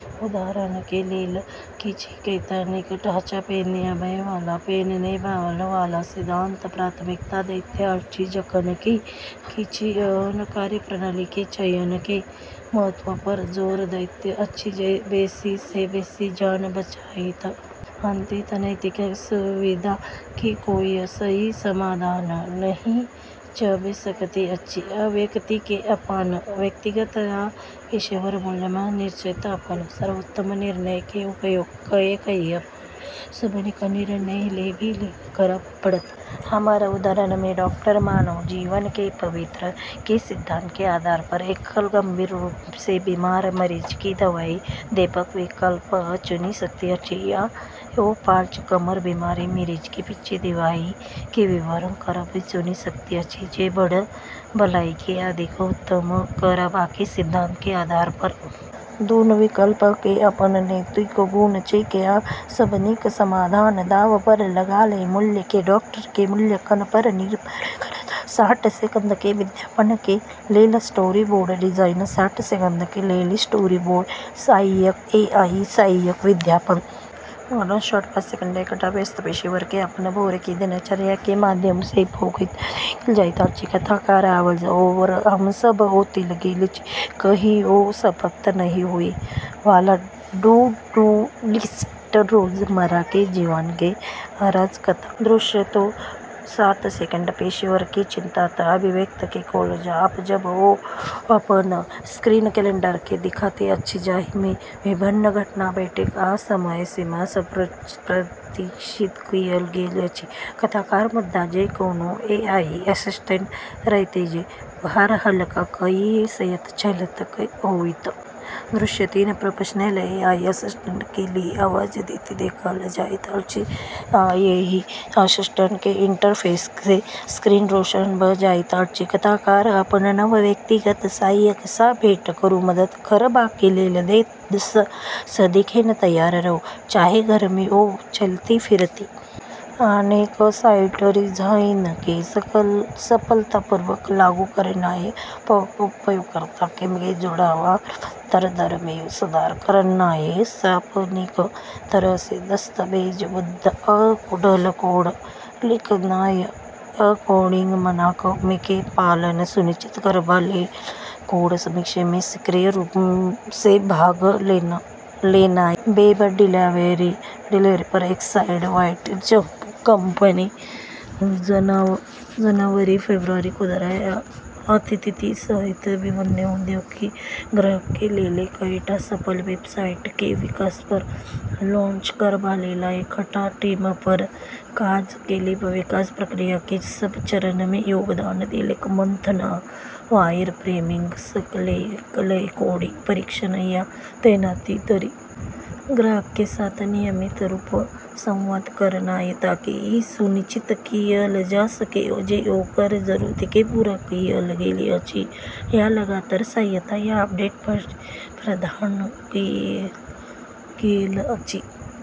उदाहरण के लेल, किछ नैतिक ढाँचा पहिने आबय वाला, पहिने पाबय वाला सिद्धांत के प्राथमिकता दैत अछि, जखन कि किछ एहन कार्यप्रणाली के चयन के महत्व पर जोर दैत अछि जे बेसी सँ बेसी जान बचाएत। अंततः, नैतिक दुविधा के कोय सही समाधान नहि भ सकैत अछि, आ व्यक्ति के अपन व्यक्तिगत आ पेशेवर मूल्य सँ निर्देशित अपन सर्वोत्तम निर्णय के उपयोग कए कए अपन सबसँ नीक निर्णय लेबा लेल करब पड़त। हमर उदाहरण मे डाक्टर मानव जीवन के पवित्रता के सिद्धांत के आधार पर एकल गंभीर रूप सँ बीमार मरीज के दवाई देबाक विकल्प चुनी सकैत अछि, या ओ पाँच कम बीमार मरीज के बीच दवाई के वितरण करब चुनी सकैत अछि, जे बड़ भलाई के अधिकतम करबाक सिद्धांत के आधार पर। दूनू विकल्प के अपन नैतिक गुण छैक, आ सबसँ नीक समाधान दांव पर लागल मूल्य के डाक्टर के मूल्यांकन पर निर्भर करत। साठ सेकेंड के विज्ञापन के लेल स्टोरीबोर्ड डिजाइन। साठ सेकंड के लेल स्टोरीबोर्ड सहायक एआई सहायक विज्ञापन। उद्घाटन शॉट पाँच सेकंड एकटा व्यस्त पेशेवर के अपन भोर के दिनचर्या के माध्यम सँ भागैत देखल जाइत अछि। कथाकार आवाज-ओवर हम सब ओतय गेल छी, कहियो समाप्त नहि होय वाला टू-डू लिस्ट, रोजमर्रा के जीवन के अराजकता। दृश्य दू सात सेकंड पेशेवर के चिंतित अभिव्यक्ति के क्लोज अप जब ओ अपन स्क्रीन कैलेंडर के देखैत अछि जाहि मे विभिन्न घटना, बैठक आ समय सीमा प्रदर्शित कएल गेल अछि। कथाकार मुदा जँ कोनो एआई असिस्टेंट रहैत जे भार हल्का कए सकैत छल त क की होइत। दृश्य तीन प्रोफेशनल एआई असिस्टेंट के लेल आवाज दैत देखल जाइत अछि आ एआई असिस्टेंट के इंटरफेस सँ स्क्रीन रोशन भ जाइत अछि। कथाकार अपन नव व्यक्तिगत सहायक सँ भेंट करू मदद करबाक लेल सदिखन तैयार रहू, चाहे घर मे हो वा चलैत-फिरैत। अनेक साइट रीडिजाइन के सफलतापूर्वक लागू करनाय, उपयोगकर्ता के जुड़ाव आ रूपांतरण दर मे सुधार करनाय। साफ, नीक तरह सँ दस्तावेजबद्ध, आ कुशल कोड लिखनाय आ कोडिंग मानक के पालन सुनिश्चित करबा लेल कोड समीक्षा मे सक्रिय रूप सँ भाग लेनाय। वेब डेवलपर, एक्सवाईजेड कंपनी जनवरी फरवरी। खुदरा आ आतिथ्य सहित विभिन्न उद्योग मे ग्राहक के लेल कईटा सफल वेबसाइट के विकास आ लॉन्च करबा लेल एकटा टीम पर काज केलक। विकास प्रक्रिया के सब चरण मे योगदान देलक, मंथन आ वायरफ्रेमिंग सँ लए कए कोडिंग, परीक्षण, आ तैनाती धरि। ग्राहक के साथ नियमित रूप सँ संवाद करनाय ताकि ई सुनिश्चित कएल जा सकए जे ओकर जरूरत के पूरा कएल गेल अछि आ लगातार सहायता आ अपडेट प्रदान कएल गेल अछि।